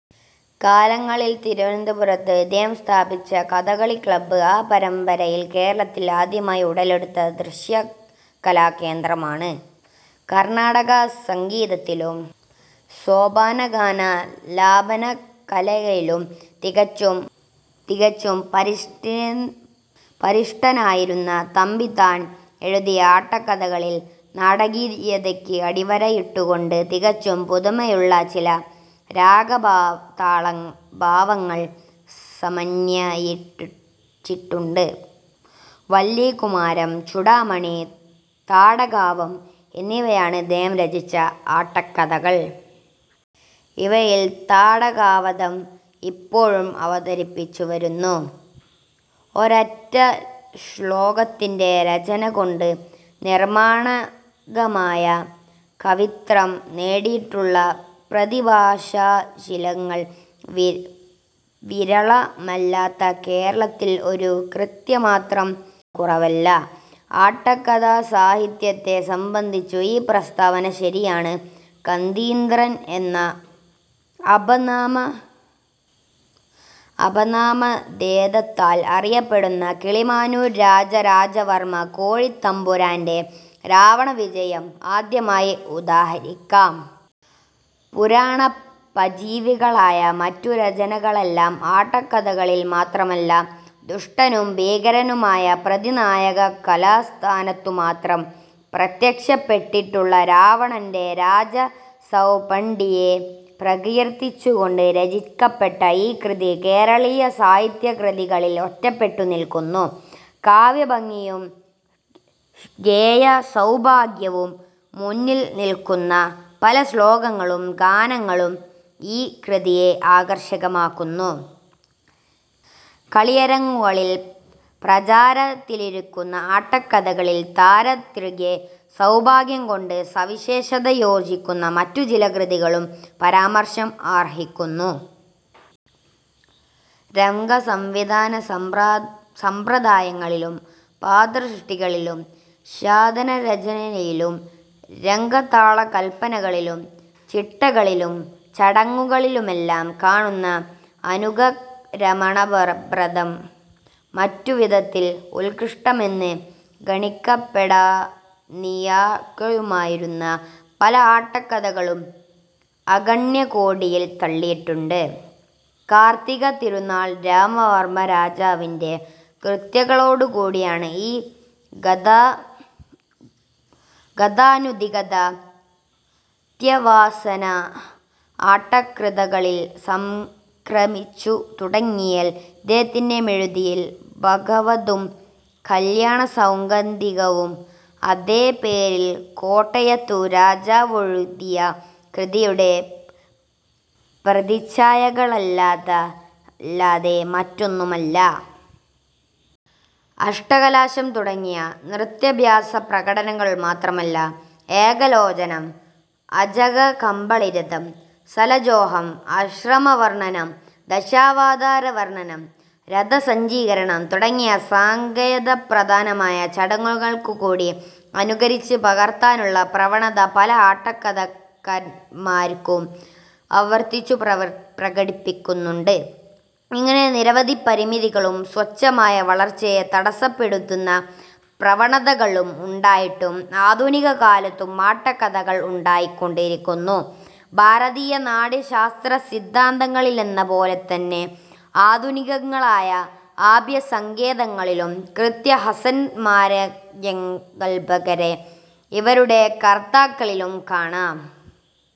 കാലങ്ങളിൽ തിരുവനന്തപുരത്ത് ഇദ്ദേഹം സ്ഥാപിച്ച കഥകളി ക്ലബ് ആ പരമ്പരയിൽ കേരളത്തിൽ ആദ്യമായി ഉടലെടുത്ത ദൃശ്യകലാകേന്ദ്രമാണ്. കർണാടക സംഗീതത്തിലും സോപാനഗാനാലാപനകലയിലും തികച്ചും പരിനിഷ്ഠനായിരുന്ന തമ്പി താൻ എഴുതിയ ആട്ടക്കഥകളിൽ നാടകീയതയ്ക്ക് അടിവരയിട്ടുകൊണ്ട് തികച്ചും പുതുമയുള്ള ചില രാഗതാളഭാവങ്ങൾ സമന്വയിച്ചിട്ടുണ്ട്. വല്ലീകുമാരം, ചൂഡാമണി, താടകാവധം എന്നിവയാണ് ഇദ്ദേഹം രചിച്ച ആട്ടക്കഥകൾ. ഇവയിൽ താടകാവധം ഇപ്പോഴും അവതരിപ്പിച്ചുവരുന്നു. ഒരൊറ്റ ശ്ലോകത്തിന്റെ രചനകൊണ്ട് നിർണായകമായ കവിത്വം നേടിയിട്ടുള്ള പ്രതിഭാശാലികൾ വിരളമല്ലാത്ത കേരളത്തിൽ ഒരു കൃതിമാത്രം ചമച്ച് പ്രസിദ്ധി നേടിയ എഴുത്തുകാരും കുറവല്ല. ആട്ടക്കഥാസാഹിത്യത്തെ സംബന്ധിച്ചും ഈ പ്രസ്താവന ശരിയാണ്. 'കരീന്ദ്രൻ' എന്ന അപരനാമധേയത്താൽ അറിയപ്പെടുന്ന കിളിമാനൂർ രാജരാജവർമകോയിത്തമ്പുരാന്റെ രാവണവിജയം ആദ്യമായി ഉദാഹരിക്കാം. പുരാണോപജീവികളായ മറ്റു രചനകളിലെല്ലാം-ആട്ടക്കഥകളിൽ മാത്രമല്ല-ദുഷ്ടനും ഭീകരനുമായി പ്രതിനായകസ്ഥാനത്തുമാത്രം പ്രത്യക്ഷപ്പെട്ടിട്ടുള്ള രാവണന്റെ രാജസപ്രൗഢിയെ പ്രകീർത്തിച്ചുകൊണ്ട് രചിക്കപ്പെട്ട ഈ കൃതി കേരളീയ സാഹിത്യകൃതികളിൽ ഒറ്റപ്പെട്ടു നില്ക്കുന്നു. കാവ്യഭംഗിയും ഗേയസൗഭാഗ്യവും മുറ്റിനില്ക്കുന്ന പല ശ്ലോകങ്ങളും ഗാനങ്ങളും ഈ കൃതിയെ ആകർഷകമാക്കുന്നു. കളിയരങ്ങുകളിൽ പ്രചാരത്തിലിരിക്കുന്ന ആട്ടക്കഥകളിൽ തൗര്യത്രികസൗഭാഗ്യംകൊണ്ട് സവിശേഷതയാർജിച്ച മറ്റു ചില കൃതികളും പരാമർശം അർഹിക്കുന്നു. രംഗസംവിധാനസമ്പ്രദായങ്ങളിലും പാത്രസൃഷ്ടിയിലും ഗാനരചനയിലും രാഗതാളകല്പനകളിലും ചിട്ടകളിലും ചടങ്ങുകളിലുമെല്ലാം കാണുന്ന അനുകരണഭ്രമം മറ്റുവിധത്തിൽ ഉത്കൃഷ്ടമെന്ന് ഗണിക്കപ്പെടാനിടയാകുമായിരുന്ന പല ആട്ടക്കഥകളെയും അഗണ്യകോടിയിൽ തള്ളിയിട്ടുണ്ട്. കാർത്തികതിരുനാൾ രാമവർമ രാജാവിന്റെ കൃതികളോടുകൂടിയാണ് ഈ ഗതാനുഗതികത്വവാസന ആട്ടക്കഥാകൃത്തുകളിൽ സംക്രമിച്ചു തുടങ്ങിയത്. ഇദ്ദേഹമെഴുതിയതിൽ ബകവധവും കല്യാണസൗഗന്ധികവും അതേപേരിൽ കോട്ടയത്തു രാജാവെഴുതിയ കൃതികളുടെ പ്രതിച്ഛായകളല്ലാതെ മറ്റൊന്നുമല്ല. അഷ്ടകലാശം തുടങ്ങിയ നൃത്താഭ്യാസപ്രകടനങ്ങൾ മാത്രമല്ല, 'ഏകലോചനം', 'അജഗരകബളിതം', 'സലജ്ജോഹം', ആശ്രമവർണനം, ദശാവതാരവർണനം, രഥസജ്ജീകരണം തുടങ്ങിയ സങ്കേതപ്രധാനമായ ചടങ്ങുകൾകൂടി അനുകരിച്ച് പകർത്താനുള്ള പ്രവണത പല ആട്ടക്കഥാകാരൻമാരും ആവർത്തിച്ചു പ്രകടിപ്പിച്ചിട്ടുണ്ട്. ഇങ്ങനെ നിരവധി പരിമിതികളും സ്വച്ഛന്ദമായ വളർച്ചയെ തടസ്സപ്പെടുത്തുന്ന പ്രവണതകളും ഉണ്ടായിട്ടും, ആധുനികകാലത്തും ആട്ടക്കഥകൾ ഉണ്ടായിക്കൊണ്ടിരിക്കുന്നു. ഭാരതീയ നാട്യശാസ്ത്രസിദ്ധാന്തങ്ങളിലെന്നപോലെതന്നെ ആധുനികങ്ങളായ അഭിനയസങ്കേതങ്ങളിലും കൃതഹസ്തൻമാരായ പ്രഗല്ഭരെ ഇവയുടെ കർത്താക്കളിൽ കാണാം.